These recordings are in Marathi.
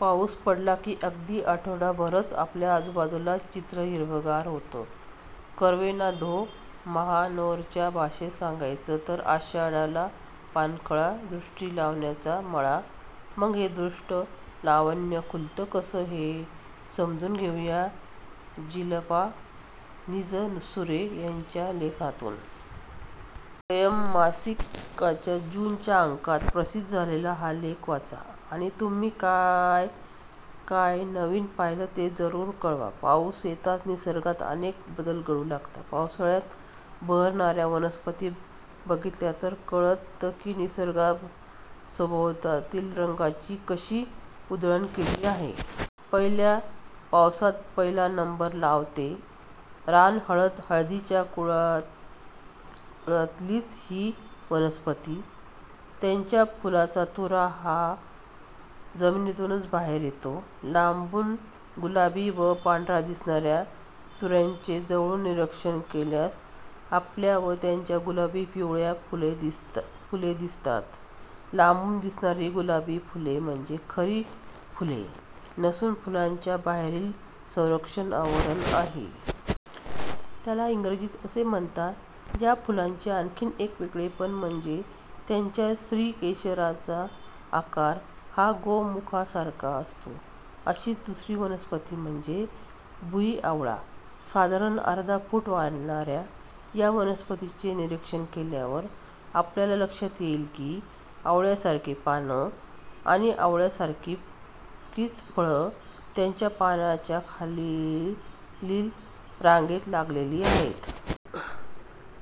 पाऊस पडला की अगदी आठवड्याभरातच आपल्या आजूबाजूचं चित्र हिरवंगार होतं. कवी ना. धों. महानोरांच्या भाषेत सांगायचं तर 'आषाढाला पाणकळा, द्रुष्टी लावण्याचा मळा! ' मग हे दृष्ट लावण्य खुलतं कसं? हे समजून घेऊया जिल्पा निजसुरे यांच्या लेखातून! ''वयम्'' मासिकाच्या जून च्या अंकात प्रसिद्ध झालेला हा लेख वाचा आणि तुम्ही काय काय नवीन पाहिलंत ते जरूर कळवा- पाऊस येताच निसर्गात अनेक बदल घडू लागतात. पावसाळ्यात बहरणाऱ्या वनस्पती बघितल्या तर कळतं की, निसर्गाने सभोवताली रंगांची कशी उधळण केली आहे. पहिल्या पावसात पहिला नंबर लावते रानहळद. हळदीच्या कुळातलीच ही वनस्पती. त्याच्या फुलांचा तुरा हा जमिनीतूनच बाहेर येतो. लांबून गुलाबी व पांढरा दिसणाऱ्या तुऱ्याचे जवळून निरीक्षण केल्यास आपल्याला त्याची गुलाबी-पिवळी फुले दिसतात. लांबून दिसणारी गुलाबी फुले म्हणजे खरी फुले नसून फुलांच्या बाहेरील संरक्षक आवरण आहे. त्याला इंग्रजीत असे म्हणतात. या फुलाचे आणखी एक वेगळेपण म्हणजे त्याच्या स्त्रीकेसराचा आकार हा गोमुखासारखा असतो. अशीच दुसरी वनस्पती म्हणजे भुईआवळा. साधारण अर्धा फूट वाढणाऱ्या या वनस्पतीचे निरीक्षण केल्यावर आपल्या लक्षात येईल की, आवळ्यासारखी पाने आणि आवळ्यासारखीच फळे याच्या पानांच्या खाली रांगेने लागली आहेत.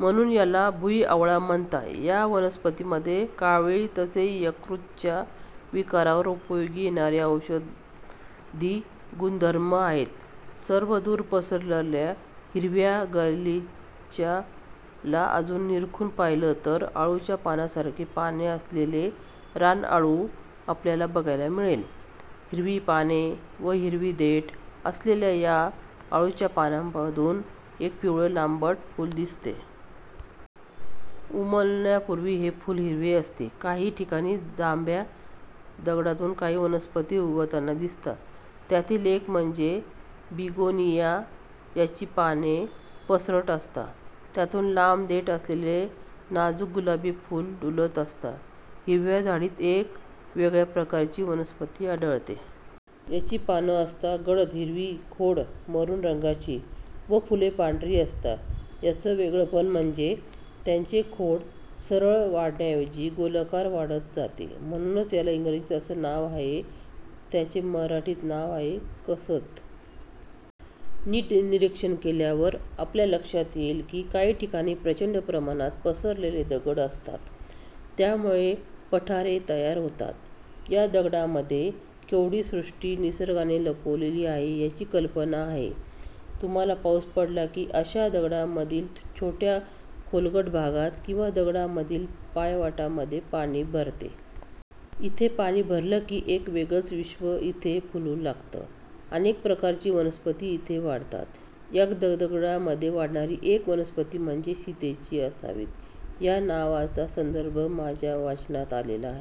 म्हणूनच ह्याला भुईआवळा म्हणतात. या वनस्पतीमध्ये कावीळ तसेच यकृताच्या विकारांवर उपयोगी येणारे औषधी गुणधर्म आहेत. सर्वदूर पसरलेल्या हिरव्या गालिच्याला अजून निरखून पहिले तर अळूच्या पानांसारखी पाने असलेला रानअळू आपल्याला बघायला मिळेल. हिरवी पाने व हिरवे देठ असलेल्या या अळूच्या पानांच्यामधून एक पिवळे लांबट फूल दिसते. उमलण्यापूर्वी हे फूल हिरवे असते. काही ठिकाणी जांभ्या दगडातून काही वनस्पती उगवताना दिसतात. त्यातली एक म्हणजे बिगोनिया. याची पाने पसरट असतात. त्यातून लांब देठ असलेली नाजूक गुलाबी फुले डुलत असतात. हिरव्या झाडीत एक वेगळ्या प्रकारची वनस्पती आढळते. याची पाने असतात गडद हिरवी, खोड मरून रंगाचे व फुले पांढरी असतात. याचे वेगळेपण म्हणजे याचे खोड सरळ वाढण्याऐवजी गोलाकार वाढत जाते. म्हणूनच त्याला इंग्रजीत असे नाव आहे. त्याचे मराठी नाव आहे कस्थ. नीट निरीक्षण केल्यावर आपल्या लक्षात येईल की काही ठिकाणी प्रचंड प्रमाणात पसरलेले दगड असतात, ज्यामुळे पठारे तयार होतात. या दगडांमध्ये केवढी सृष्टी निसर्गाने लपवली आहे याची कल्पना आहे तुम्हांला? पाऊस पडला की अशा दगडांच्यामधील थोड्याशा खोलगट भागात किंवा दगडामधल्या पायवाटांमध्ये पाणी भरते. इथे पाणी भरलं की एक वेगळेच विश्व इथे फुलू लागते. अनेक प्रकारच्या वनस्पती इथे वाढतात. अशा दगडांमध्ये वाढणारी एक वनस्पती म्हणजे सीतेची आसवे'. या नावाचा संदर्भ माझ्या वाचनात आलेला